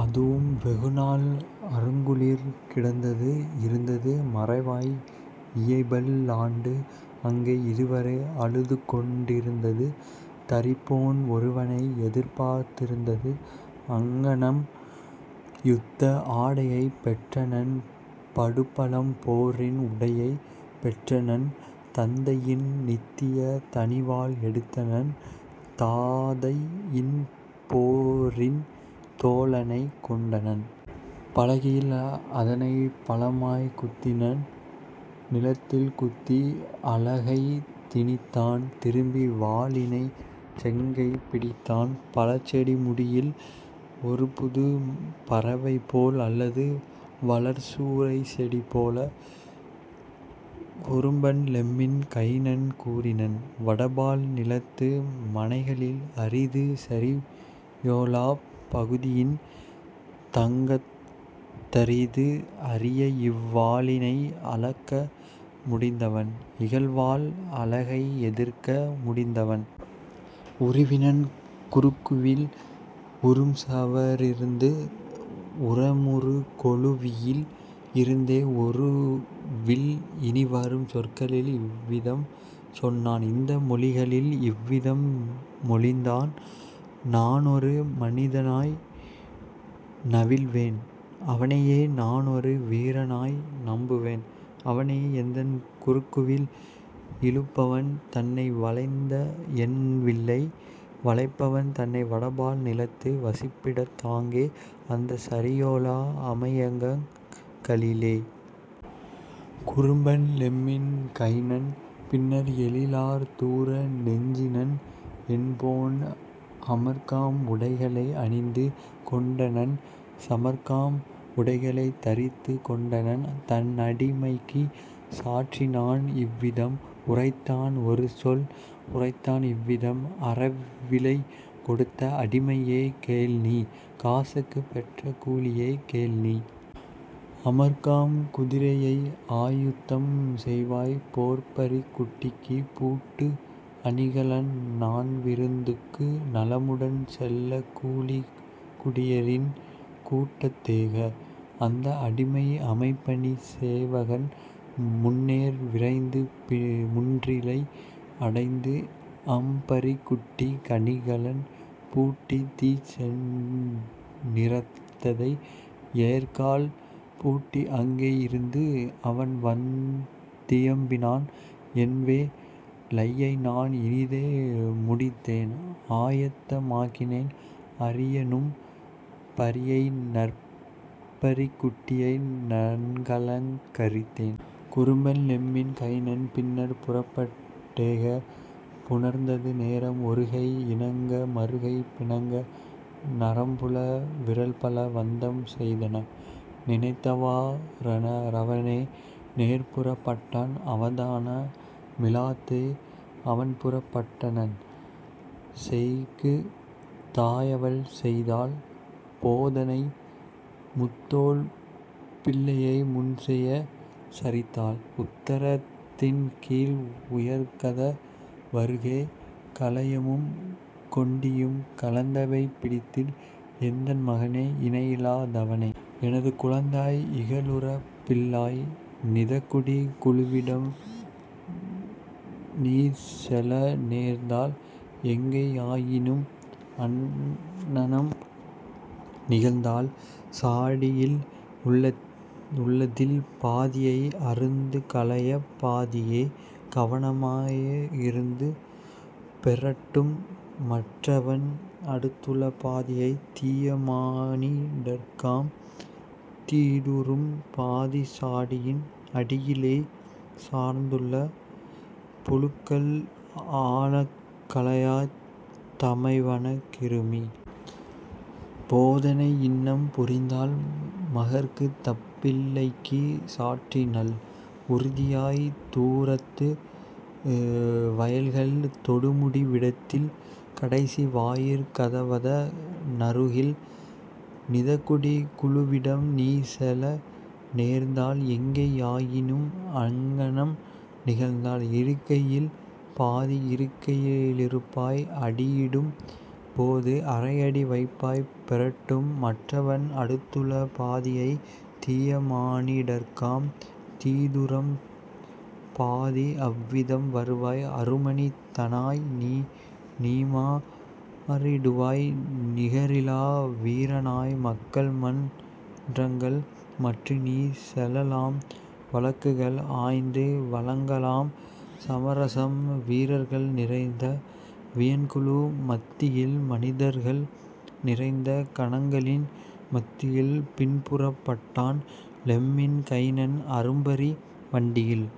அதுவும் வெகுநாள் அருங்குளிர்க் கிடந்தது இருந்தது மறைவாய் இயைபல் லாண்டு அங்கே இதுவரை அழுதுகொண் டிருந்தது தரிப்போன் ஒருவனை எதிர்பார்த் திருந்தது. " அங்ஙனம் யுத்த ஆடையைப் பெற்றனன் படுபழம் போரின் உடையைப் பெற்றனன் தந்தையின் நித்தியத் தனிவாள் எடுத்தனன் தாதையின் போரின் தோழனைக் கொண்டனன் பலகையில் அதனைப் பலமாய்க் குத்தினான் நிலத்தில் குத்தி அலகைத் திணித்தான்: திருப்பி வாளினைச் செங்கைப் பிடித்தான் பழச்செடி முடியில் ஒருபுதுப் பறவைபோல் அல்லது வளர் சூ ரைச்செடி போல; குறும்பன் லெம்மின் கைனன் கூறினன்: "வடபால் நிலத்து மனைகளில் அரிது சரியொலாப் பகுதியின் தங்ககத் தரிது அரியஇவ் வாளினை அளக்க முடிந்தவன் இகல்வாள் அலகை எதிர்க்க முடிந்தவன். " உருவினன் குறுக்குவில் உறும்சுவ ரிருந்து உரமுறு கொளுவியில் இருந்தே ஒருவில் இனிவரும் சொற்களில் இவ்விதம் சொன்னான் இந்த மொழிகளில் இவ்விதம் மொழிந்தான்: "நானொரு மனிதனாய் நவில்வேன் அவனையே நானொரு வீரனாய் நம்புவேன் அவனையே எந்தன் குறுக்குவில் இழுப்பவன் தன்னை வளைந்தஎன் வில்லை வளைப்பவன் தன்னை வடபால் நிலத்து வசிப்பிடத் தாங்கே அந்தச் சரியொலா அமையகங் களிலே. " குறும்பன் லெம்மின் கைனன் பின்னர் எழிலார் தூர நெஞ்சினன் என்போன் அமர்க்காம் உடைகளை அணிந்து கொண்டனன் சமர்க்காம் உடைகளைத் தரித்துக் கொண்டனன் தன்அடி மைக்குச் சாற்றினான் இவ்விதம் உரைத்தான் ஒருசொல் உரைத்தான் இவ்விதம்: "அறவிலைக் கெடுத்த அடிமையே கேள்நீ! காசுக்குப் பெற்ற கூலியே, கேள்நீ! அமர்க்காம் குதிரையை ஆயத்தம் செய்வாய் போர்ப்பரிக் குட்டிக்குப் பூட்டு அணிகலன் நான்விருந் துக்கு நலமுடன் செல்ல கூளிக் குடியரின் கூட்டத் தேக! " அந்த அடிமை அமைபணிச் சேவகன் முன்னேர் விரைந்து முன்றிலை யடைந்து அம்பரிக் குட்டிக் கணிகலன் பூட்டி தீச்செந் நிறத்ததை ஏர்க்கால் பூட்டி அங்கே யிருந்து அவன்வந் தியம்பினான்: "என்வே லையைநான் இனிதே முடித்தேன் ஆயத்த மாக்கினேன் அரியநும் பரியை நற்பரிக் குட்டியை நன்கலங் கரித்தேன். " குறும்பன் லெம்மின் கைனன் பின்னர் புறப்பட் டேகப் புணர்ந்தது நேரம் ஒருகை இணங்க மறுகை பிணங்க நரம்புள விரல்பல வந்தம் செய்தன; நினைத்தவா றவனே நேர்புறப் பட்டான் அவதான மிலாதே அவன்புறப் பட்டனன். சேய்க்குத் தாயவள் செய்தாள் போதனை மூத்தோள் பிள்ளையை முன்னெச் சரித்தாள் உத்தரத் தின்கீழ் உயர்கத வருகே கலயமும் கெண்டியும் கலந்தவைப் பிடத்தில்: "எந்தன் மகனே, இணையிலா தவனே! எனது குழந்தாய், இகலுரப் பிள்ளாய்! நிதக்குடிக் குழுவிடம் நீசெல நேர்ந்தால் எங்கே யாயினும் அங்ஙனம் நிகழ்ந்தால் சாடியில் உள்ளதில் பாதியை அருந்து கலயப் பாதியே கவனமா யருந்து பெறட்டும் மற்றவன் அடுத்துள பாதியை தீயமா னிடர்க்காம் தீதுறும் பாதி சாடியின் அடியிலே சார்ந்துள புழுக்கள் ஆழக் கலயத் தமைவன கிருமி. " போதனை இன்னம் புரிந்தாள் மகற்கு தன்பிள் ளைக்குச் சாற்றினள் உறுதியாய் தூரத்து வயல்கள் தொடுமுடி விடத்தில் கடைசி வாயிற் கதவத னருகில்; "நிதக்குடிக் குழுவிடம் நீசெல நேர்ந்தால் எங்கே யாயினும் அங்ஙனம் நிகழ்ந்தால் இருக்கையில் பாதி இருக்கையி லிருப்பாய் அடியிடும் போது அரையடி வைப்பாய் பெறட்டும் மற்றவன் அடுத்துள பாதியை தீயமா னிடர்க்காம் தீதுறும் பாதி அவ்விதம் வருவாய் அருமனி தனாய்நீ நீமா றிடுவாய் நிகரிலா வீரனாய் மக்கள்மன் றங்கள் மற்றுநீ செலலாம் வழக்குகள் ஆய்ந்து வழங்கலாம் சமரசம் வீரர்கள் நிறைந்த வியன்குழு மத்தியில் மனிதர்கள் நிறைந்த கணங்களின் மத்தியில். " பின்புறப் பட்டான் லெம்மின் கைனன் அரும்பரி வண்டியில்